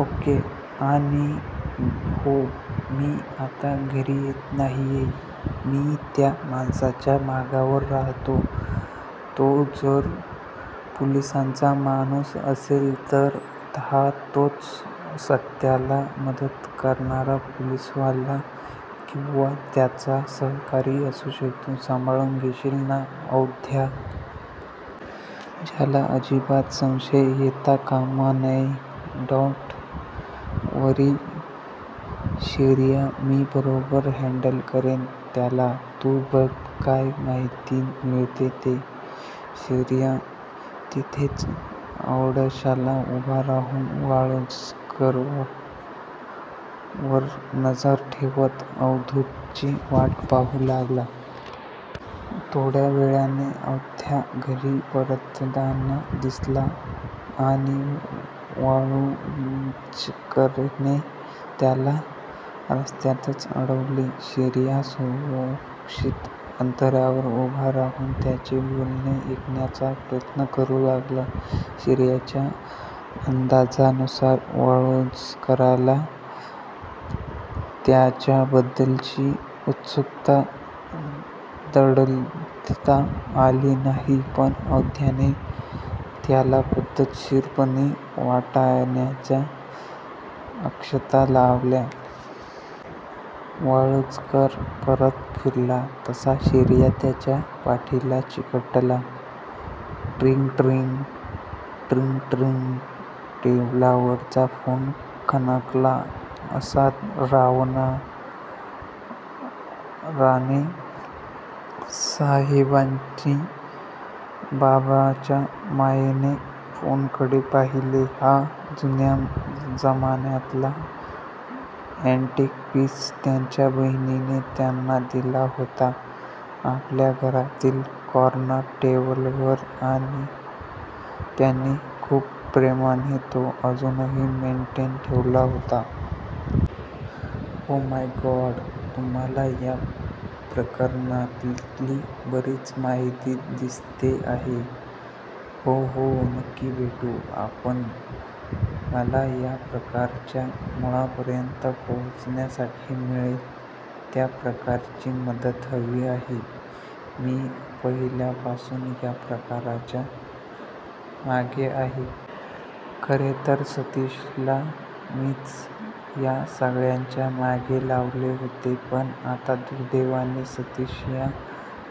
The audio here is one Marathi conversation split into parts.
ओक्के? " आणि हो मी आता घरी येत नाहीये. मी त्या माणसाच्या मागावर राहतो. तो जर पोलीसांचा माणूस असेल तर हा तोच, सत्याला मदत करणारा पोलीसवाला, किंवा त्याचा सहकारी असू शकतो. सांभाळुन घेशील ना औध्या? त्याला अजिबात संशय येता कामा नये. "डोंट वरी, शिर्या. मी बरोबर हँडल करेन त्याला. तू बघ काय माहिती मिळते ते? " शिर्या तिथेच आडोश्याला उभा राहून वाळूंजकरवर नजर ठेवत अवधूतची वाट पाहू लागला. थोड्या वेळाने औध्या घरी परतताना दिसला आणि वाळूम्जकरने त्याला रस्त्यातच अडवले. शिर्या सुरक्षीत अंतरावर उभा राहून त्यांचे बोलणे ऐकण्याचा प्रयत्न करू लागला. शिर्याच्या अंदाजानुसार वाळूंजकरला त्याच्याबद्दलची उत्सुकता दडवता आली नाही. पण औध्याने त्याला पद्धतशीरपणे वाटाण्याच्या अक्षता लावल्या. वाळूंजकर परत फिरला तसा शिर्या त्याच्या पाठीला चिकटला. "ट्रिंग ट्रिंग... ट्रिंग ट्रिंग... टेबलावरचा फोन खणखणला तसा रावराणे साहेबांनी बापाच्या मायेने फोनकडे पाहीले. हा जुन्या जमान्यातला अॅंटिक पीस त्यांच्या बहिणीने त्यांना दिला होता. आपल्या घरातील कॉर्नर टेबलवर त्यांनी खुप प्रेमाने तो अजुनही मेनटेन ठेवला होता. " "ओ माय गॉड, तुम्हाला या प्रकरणातली बरीच माहिती दिसते आहे. " "हो हो नक्की भेटू आपण. मला या प्रकरणाच्या मुळापर्यंत पोहोचण्यासाठी मिळेल त्या प्रकारची मदत हवी आहे. " "मी पहिल्यापासुन या प्रकरणाच्या मागे आहे. खरेतर सतीशला मीच या सगळ्याच्या मागे लावले होते. पण आता दुर्दैवाने सतीश या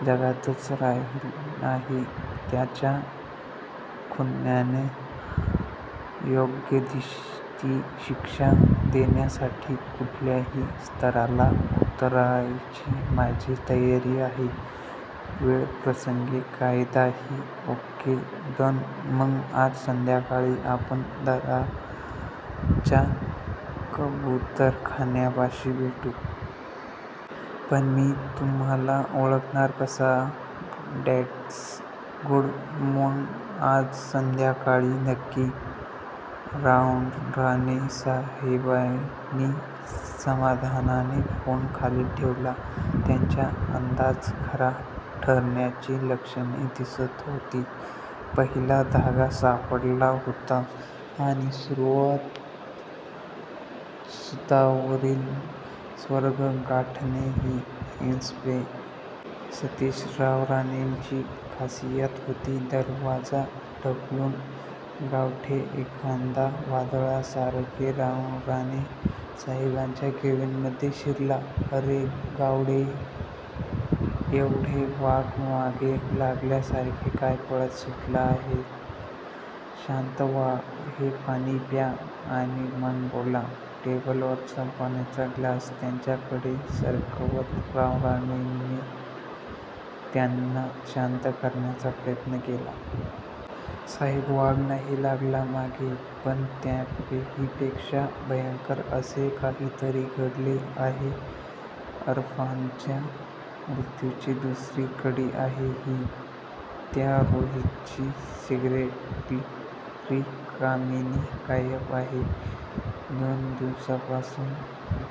जगातच नाही. त्याच्या खुन्यांना योग्य ती शिक्षा देण्यासाठी कुठल्याही स्तराला उतरायची माझी तयारी आहे. वेळप्रसंगी कायदाही............ " "ओक्के, डन! मग आज संध्याकाळी आपण दादरच्या कबुतरखान्यापाशी भेटू. पण मी तुम्हाला ओळखणार कसा? " "दॅट्स गुड! मग आज संध्याकाळी नक्की. " रावराणेसाहेबांनी समाधानाने फोन खाली ठेवला. त्यांचा अंदाज खरा ठरण्याची लक्षणे दिसत होती. पहिला धागा सापडला होता. आणि सुतावरून स्वर्ग गाठणे ही इन्स्पे. सतीश रावराणेंची खासियत होती. दरवाजा ढकलून गावडे एखाद्या वादळासारखे रावराणे साहेबांच्या केबीनमध्ये शिरले. "अरे गावडे, एवढे वाघ मागे लागल्यासारखे काय पळत सुटला आहात. शांत व्हा, हे पाणी प्या आणि मग बोला. " टेबलावरचा पाण्याचा ग्लास त्यांच्याकडे सरकवत रावराणेंनी त्यांना शांत करण्याचा प्रयत्न केला. "साहेब वाघ नाही लागला मागे, पण त्याहीपेक्षा भयंकर असे काहीतरी घडले आहे. इरफानच्या मृत्युची दुसरी कडी आहे ही. त्या रोहीतची सेक्रेटरी कामिनी गायब आहे दोन दिवसापासून.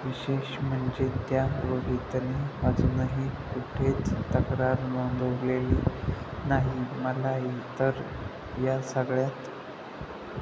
विशेष म्हणजे त्या रोहीतने अजुनही कुठेच तक्रार नोंदवलेली नाही. मला तर या सगळ्यात